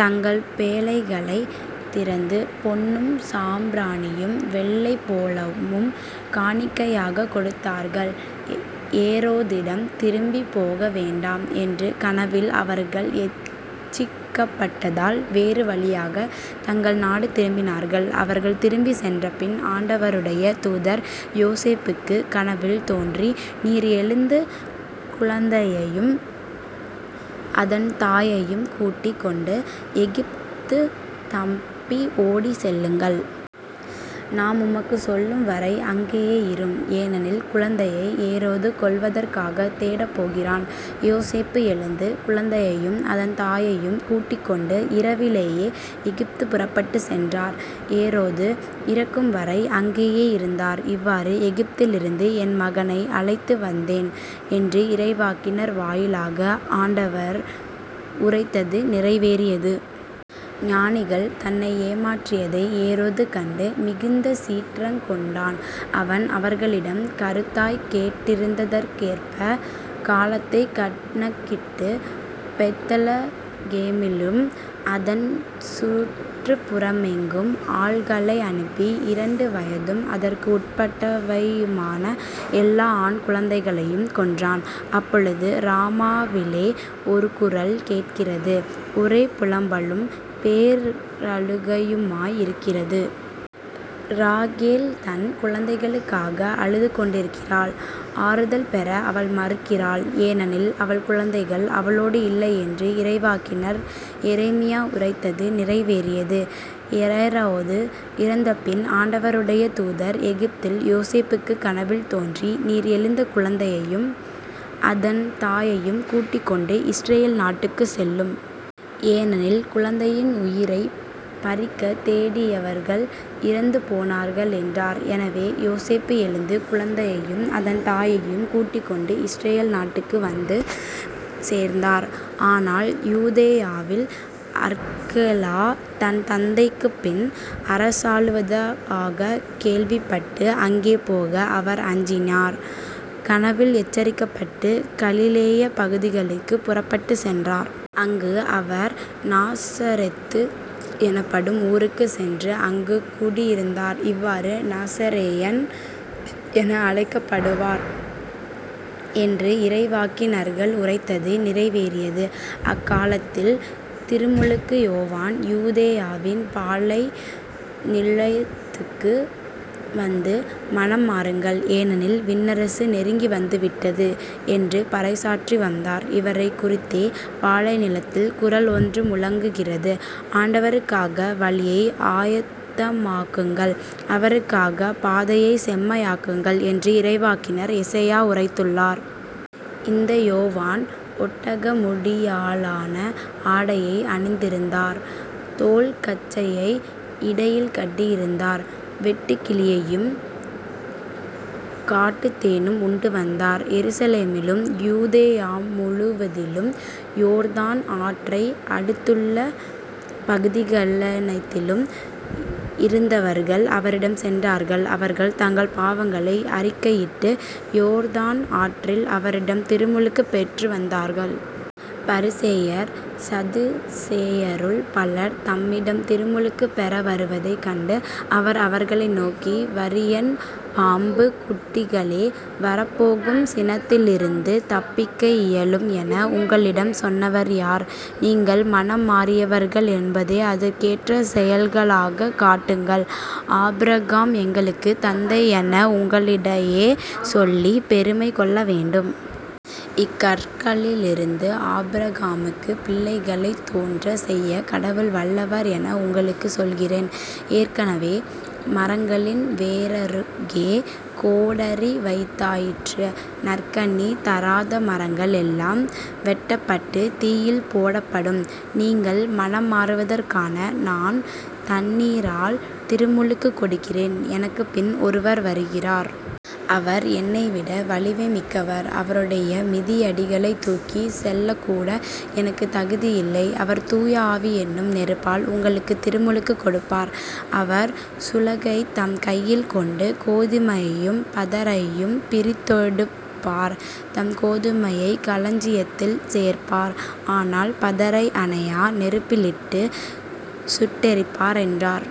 தங்கள் பேழைகளைத் திறந்து பொன்னும் சாம்பிராணியும் வெள்ளைப் போளமும் காணிக்கையாகக் கொடுத்தார்கள். ஏரோதிடம் திரும்பிப் போக வேண்டாம் என்று கனவில் அவர்கள் எச்சிக்கப்பட்டதால் வேறு வழியாகத் தங்கள் நாடு திரும்பினார்கள். அவர்கள் திரும்பிச் சென்றபின் ஆண்டவருடைய தூதர் யோசேப்புக்குக் கனவில் தோன்றி நீர் எழுந்து குழந்தையையும் அதன் தாயையும் கூட்டிக் கொண்டு எகிப்துக்குத் தப்பி ஓடிச் செல்லுங்கள். நான் உமக்குச் சொல்லும்வரை அங்கேயே இரும். ஏனெனில், குழந்தையை ஏரோது கொல்வதற்காகத் தேடப்போகிறான். யோசேப்பு எழுந்து, குழந்தையையும் அதன் தாயையும் கூட்டிக்கொண்டு, இரவிலேயே எகிப்துக்குப் புறப்பட்டுச் சென்றார். ஏரோது இறக்கும்வரை அங்கேயே இருந்தார். இவ்வாறு, எகிப்திலிருந்து என் மகனை அழைத்து வந்தேன் என்று இறைவாக்கினர் வாயிலாக ஆண்டவர் உரைத்தது நிறைவேறியது. ஞானிகள் தன்னை ஏமாற்றியதை ஏரோது கண்டு மிகுந்த சீற்றங் கொண்டான். அவன் அவர்களிடம் கருத்தாய்க் கேட்டறிந்ததற்கேற்பக் காலத்தைக் கணக்கிட்டுப் பெத்லகேமிலும் அதன் சுற்றுப்புறமெங்கும் ஆள்களை அனுப்பி இரண்டு வயதும் அதற்கு உட்பட்டவையுமான எல்லா ஆண் குழந்தைகளையும் கொன்றான். அப்பொழுது ராமாவிலே ஒரு குரல் கேட்கிறது. ஒரே புலம்பலும் பேரழுகையுமாய் இருக்கிறது. இராகேல் தன் குழந்தைகளுக்காக அழுதுகொண்டிருக்கிறாள். ஆறுதல் பெற அவள் மறுக்கிறாள். ஏனெனில் அவள் குழந்தைகள் அவளோடு இல்லை என்று இறைவாக்கினர் எரேமியா உரைத்தது நிறைவேறியது. ஏரோது இறந்தபின், ஆண்டவருடைய தூதர் எகிப்தில் யோசேப்புக்குக் கனவில் தோன்றி நீர் எழுந்து குழந்தையையும் அதன் தாயையும் கூட்டிக்கொண்டு இஸ்ரயேல் நாட்டுக்குச் செல்லும். ஏனெனில் குழந்தையின் உயிரைப் பறிக்கத் தேடியவர்கள் இறந்து போனார்கள் என்றார். எனவே, யோசேப்பு எழுந்து குழந்தையையும் அதன் தாயையும் கூட்டிக்கொண்டு இஸ்ரயேல் நாட்டுக்கு வந்து சேர்ந்தார். ஆனால் யூதேயாவில் அர்க்கெலா தன் தந்தைக்குப்பின் அரசாளுவதாகக் கேள்விப்பட்டு அங்கே போக அவர் அஞ்சினார். கனவில் எச்சரிக்கப்பட்டுக் கலிலேயப் பகுதிகளுக்குப் புறப்பட்டுச் சென்றார். அங்கு அவர் நாசரேத்து எனப்படும் ஊருக்குச் சென்று அங்குக் குடியிருந்தார். இவ்வாறு நசரேயன் என அழைக்கப்படுவார் என்று இறைவாக்கினர்கள் உரைத்தது நிறைவேறியது. அக்காலத்தில் திருமுழுக்கு யோவான் யூதேயாவின் பாலை நிலத்துக்கு வந்து மனம் மாறுங்கள், ஏனெனில் விண்ணரசு நெருங்கி வந்துவிட்டது என்று பறைசாற்றி வந்தார். இவரைக் குறித்தே பாலைநிலத்தில் குரல் ஒன்று முழங்குகிறது ஆண்டவருக்காக வழியை ஆயத்தமாக்குங்கள் அவருக்காகப் பாதையைச் செம்மையாக்குங்கள் என்று இறைவாக்கினர் எசாயா உரைத்துள்ளார். இந்த யோவான் ஒட்டக முடியாலான ஆடையை அணிந்திருந்தார். தோல் கச்சையை இடையில் கட்டி இருந்தார். வெட்டுக்கிளியும் காட்டுத்தேனும் உண்டு வந்தார். எருசலேமிலும் யூதேயாமுழுவதிலும் யோர்தான் ஆற்றை அடுத்துள்ள பகுதிகளனைத்திலும் இருந்தவர்கள் அவரிடம் சென்றார்கள். அவர்கள் தங்கள் பாவங்களை அறிக்கையிட்டு யோர்தான் ஆற்றில் அவரிடம் திருமுழுக்குப் பெற்றுவந்தார்கள். பரிசேயர், சதுசேயருள் பலர் தம்மிடம் திருமுழுக்குப் பெற வருவதைக் கண்டு அவர் அவர்களை நோக்கி வரியன் பாம்புக் குட்டிகளே வரப்போகும் சினத்திலிருந்து தப்பிக்க இயலும் என உங்களிடம் சொன்னவர் யார்? நீங்கள் மனம் மாறியவர்கள் என்பதை அதற்கேற்ற செயல்களால் காட்டுங்கள். ஆபிரகாம் எங்களுக்குத் தந்தை என உங்களிடையே சொல்லிப் பெருமை கொள்ள வேண்டாம். இக்கற்களிலிருந்தும் ஆபிரகாமுக்குப் பிள்ளைகளைத் தோன்றச் செய்யக் கடவுள் வல்லவர் என உங்களுக்குச் சொல்கிறேன். ஏற்கெனவே மரங்களின் வேரருகே கோடரி வைத்தாயிற்று. நற்கனி தராத மரங்கள் எல்லாம் வெட்டப்பட்டுத் தீயில் போடப்படும். நீங்கள் மனம் மாறுவதற்காக நான் தண்ணீரால் திருமுழுக்குக் கொடுக்கிறேன். எனக்குப் பின் ஒருவர் வருகிறார். அவர் என்னைவிட வலிமை மிக்கவர். அவருடைய மிதியடிகளைத் தூக்கிச் செல்லக்கூட எனக்குத் தகுதியில்லை. அவர் தூய ஆவி என்னும் நெருப்பால் உங்களுக்குத் திருமுழுக்குக் கொடுப்பார். அவர் சுளகைத் தம் கையில் கொண்டு கோதுமையையும் பதரையும் பிரித்தெடுப்பார் தம் கோதுமையைக் களஞ்சியத்தில் சேர்ப்பார் ஆனால் பதரை அணையா நெருப்பிலிட்டுச் சுட்டெரிப்பார் என்றார்.